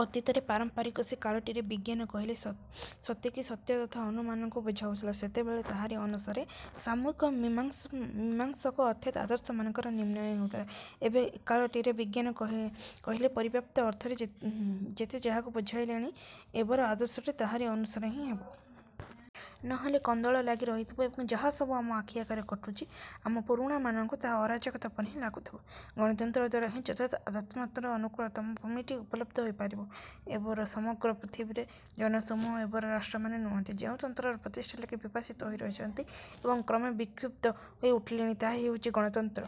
ଅତୀତରେ ପାରମ୍ପରିକ ସେ କାଳଟିରେ ବିଜ୍ଞାନ କହିଲେ ଯେତିକି ସତ୍ୟ ତଥା ଅନୁମାନକୁ ବୁଝାଉଥିଲା ସେତେବେଳେ ତାହାରି ଅନୁସାରେ ସାମୂହିକ ମୀମାଂସକ ଅର୍ଥାତ୍ ଆଦର୍ଶମାନଙ୍କର ନିର୍ଣ୍ଣୟ ହେଉଥିଲା। ଏବେ ଏକାଳଟିରେ ବିଜ୍ଞାନ କହିଲେ ପରିବ୍ୟାପ୍ତ ଅର୍ଥରେ ଯେତେ ଯାହାକୁ ବୁଝାଇଲାଣି, ଏବର ଆଦର୍ଶଟା ତାହାରି ଅନୁସାରେ ହେବ। ନହେଲେ କନ୍ଦଳ ଲାଗି ରହିଥିବ ଏବଂ ଯାହାସବୁ ଆମ ଆଖିଆଗରେ ଘଟୁଛି ଆମ ପୁରୁଣା ମାନଙ୍କୁ ତାହା ଅରାଜକତା ପରି ହିଁ ଲାଗୁଥିବ। ଗଣତନ୍ତ୍ର ଦ୍ଵାରା ହିଁ ଯଥାର୍ଥ ଆଧ୍ୟାତ୍ମର ଅନୁକୂଳତମ ଭୂମିଟି ଉପଲବ୍ଧ ହୋଇପାରିବ। ଏବର ସମଗ୍ର ପୃଥିବୀରେ ଜନସମୂହ, ଏବର ରାଷ୍ଟ୍ରମାନେ ନୁହନ୍ତି ଯେଉଁ ତନ୍ତ୍ରର ପ୍ରତିଷ୍ଠା ଲାଗି ପିପାସିତ ହୋଇ ରହିଛନ୍ତି ଏବଂ କ୍ରମେ ବିକ୍ଷୁବ୍ଧ ହୋଇ ଉଠିଲେଣି ତାହା ହେଉଛି ଗଣତନ୍ତ୍ର।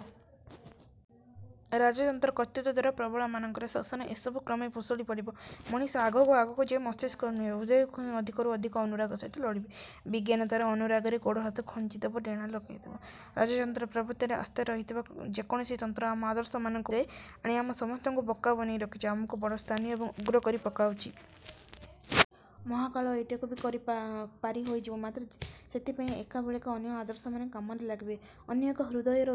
ରାଜତନ୍ତ୍ର, କର୍ତ୍ତୃତ୍ଵ ଦ୍ଵାରା ପ୍ରବଳମାନଙ୍କର ଶାସନ ଏସବୁ କ୍ରମେ ଭୁଶୁଡ଼ି ପଡ଼ିବେ। ମଣିଷ ଆଗକୁ ଆଗକୁ ଯାଇ ମସ୍ତିଷ୍କକୁ ନୁହେଁ, ହୃଦୟକୁ ହିଁ ଅଧିକରୁ ଅଧିକ ଅନୁରାଗ ସହିତ ଲୋଡ଼ିବ। ବିଜ୍ଞାନ ତାର ଅନୁରାଗରେ ଗୋଡ଼ହାତ ଖଞ୍ଜିଦେବ, ଡ଼େଣା ଲଗାଇଦେବ। ରାଜତନ୍ତ୍ର ପ୍ରଭୁତ୍ୱରେ ଆସ୍ଥା ରହିଥିବା ଯେକୌଣସି ତନ୍ତ୍ର ଆମ ଆଦର୍ଶମାନଙ୍କୁ ବୋମା ଯାଏ ଆଣି ଆମ ସମସ୍ତଙ୍କୁ ବୋକା ବନାଇ ରଖିଛି, ଆମକୁ ବଡ଼ ସ୍ଥାନୀୟ ଏବଂ ଉଗ୍ର କରି ପକାଉଛି। ମହାକାଳ ଏଇଟିକୁ ବି ପାରି ହୋଇଯିବ। ମାତ୍ର ସେଥିପାଇଁ ଏକାବେଳେଳେ ଅନ୍ୟ ଆଦର୍ଶମାନେ କାମରେ ଲାଗିବେ, ଅନ୍ୟ ଏକ ହୃଦୟର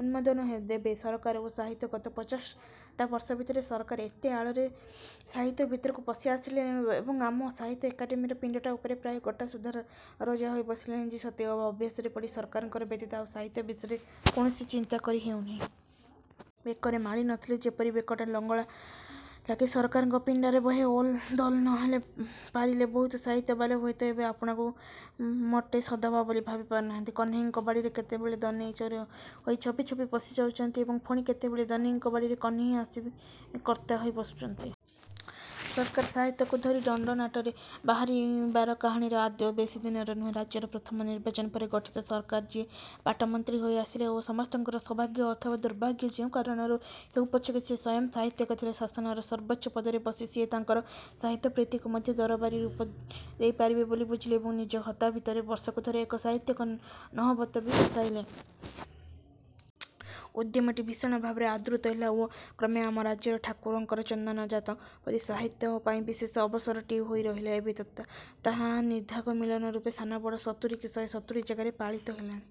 ଉଦ୍ବୋଧନ ଦେବେ। ସରକାର ଓ ସାହିତ୍ୟ ଗତ ପଚାଶଟା ବର୍ଷ ଭିତରେ ସରକାର ଏତେ ଆଳରେ ସାହିତ୍ୟ ଭିତରକୁ ପଶି ଆସିଲେଣି ଏବଂ ଆମ ସାହିତ୍ୟ ଏକାଡ଼େମୀର ପିଣ୍ଡିଟା ଉପରେ ପ୍ରାୟ ଗୋଟାସୁଦ୍ଧା ରଜା ହୋଇ ବସିଲେଣି ଯେ ସତେଅବା ଅଭ୍ୟାସରେ ପଡ଼ି ସରକାରଙ୍କ ବ୍ୟତୀତ ଆଉ ସାହିତ୍ୟ ବିଷୟରେ କୌଣସି ଚିନ୍ତା କରି ହେଉନାହିଁ। ବେକରେ ମାଳୀ ନଥିଲେ ଯେପରି ବେକଟା ଲଙ୍ଗଳା ଲାଗେ, ସରକାରଙ୍କ ପିଣ୍ଡାରେ ବହେ ଓଲ୍ ଦୋଲ୍ ନହୋଇ ପାରିଲେ ବହୁତ ସାହିତ୍ୟବାଲା ହୁଏତ ଏବେ ଆପଣାକୁ ମୋଟେ ସଧବା ବୋଲି ଭାବି ପାରୁନାହାନ୍ତି। କହ୍ନେଇଙ୍କ ବାଡ଼ିରେ କେତେବେଳେ ଦନେଇ ଚୋର ହୋଇ ଛପି ଛପି ପଶି ଯାଉଛନ୍ତି ଏବଂ ପୁଣି କେତେବେଳେ ଦନେଇଙ୍କ ବାଡ଼ିରେ କହ୍ନେଇ ଆସି ବି କର୍ତ୍ତା ହୋଇ ବସୁଛନ୍ତି। ସରକାର ସାହିତ୍ୟକୁ ଧରି ଦଣ୍ଡନାଟରେ ବାହାରିବାର କାହାଣୀଟି ଆଦୌ ବେଶୀଦିନର ନୁହେଁ। ରାଜ୍ୟରେ ପ୍ରଥମ ନିର୍ବାଚନ ପରେ ଗଠିତ ସରକାରର ଯିଏ ପାଟମନ୍ତ୍ରୀ ହୋଇ ଆସିଲେ, ଆମ ସମସ୍ତଙ୍କର ସୌଭାଗ୍ୟ ଅଥବା ଦୁର୍ଭାଗ୍ୟ ଯେଉଁ କାରଣରୁ ହେଉ ପଛକେ ସିଏ ସ୍ୱୟଂ ସାହିତ୍ୟିକ ଥିଲେ। ଶାସନର ସର୍ବୋଚ୍ଚ ପଦରେ ବସି ସିଏ ତାଙ୍କର ସାହିତ୍ୟପ୍ରୀତିକୁ ମଧ୍ୟ ଦରବାରୀ ରୂପ ଦେଇପାରିବେ ବୋଲି ବୁଝିଲେ ଓ ନିଜ ହତା ଭିତରେ ବର୍ଷକୁ ଥରେ ଏକ ସାହିତ୍ୟିକ ନହବତ ବି ବସାଇଲେ। ଉଦ୍ୟମଟି ଭୀଷଣ ଭାବରେ ଆଦୃତ ହେଲା ଓ କ୍ରମେ ଆମ ରାଜ୍ୟରେ ଠାକୁରଙ୍କର ଚନ୍ଦନଯାତ ପରି ସାହିତ୍ୟ ପାଇଁ ବିଶେଷ ଅବସରଟିଏ ହୋଇ ରହିଲା। ଏବେ ତ ତାହା ନିଦାଘ ମିଳନ ରୂପେ ସାନ ବଡ଼ ସତୁରି କି ଶହେ ସତୁରି ଜାଗାରେ ପାଳିତ ହେଲାଣି।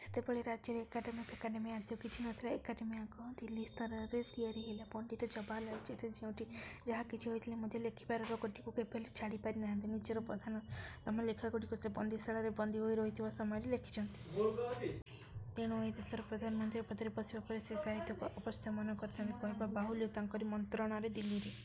ସେତେବେଳେ ରାଜ୍ୟରେ ଏକାଡ଼େମୀ ଫେକାଡ଼େମୀ ଆଦୌ କିଛି ନଥିଲା। ଏକାଡ଼େମୀ ଆଗ ଦିଲ୍ଲୀ ସ୍ତରରେ ତିଆରି ହେଲା। ପଣ୍ଡିତ ଜବାହରଲାଲ୍ ଯେତେ ଯେଉଁଠି ଯାହାକିଛି ହୋଇଥିଲେ ମଧ୍ୟ ଲେଖିବାର ରୋଗଟିକୁ କେବେହେଲେ ଛାଡ଼ି ପାରିନାହାନ୍ତି। ନିଜର ପ୍ରଧାନତମ ଲେଖାଗୁଡ଼ିକୁ ସେ ବନ୍ଦୀଶାଳାରେ ବନ୍ଦୀ ହୋଇ ରହିଥିବା ସମୟରେ ଲେଖିଛନ୍ତି। ତେଣୁ ଏହି ଦେଶର ପ୍ରଧାନମନ୍ତ୍ରୀ ପଦରେ ବସିବା ପରେ ସିଏ ସାହିତ୍ୟକୁ ଅବଶ୍ୟ ମନ କରିଥାନ୍ତେ। କହିବା ବାହୁଲ୍ୟ, ତାଙ୍କରି ମନ୍ତ୍ରଣାରେ ଦିଲ୍ଲୀରେ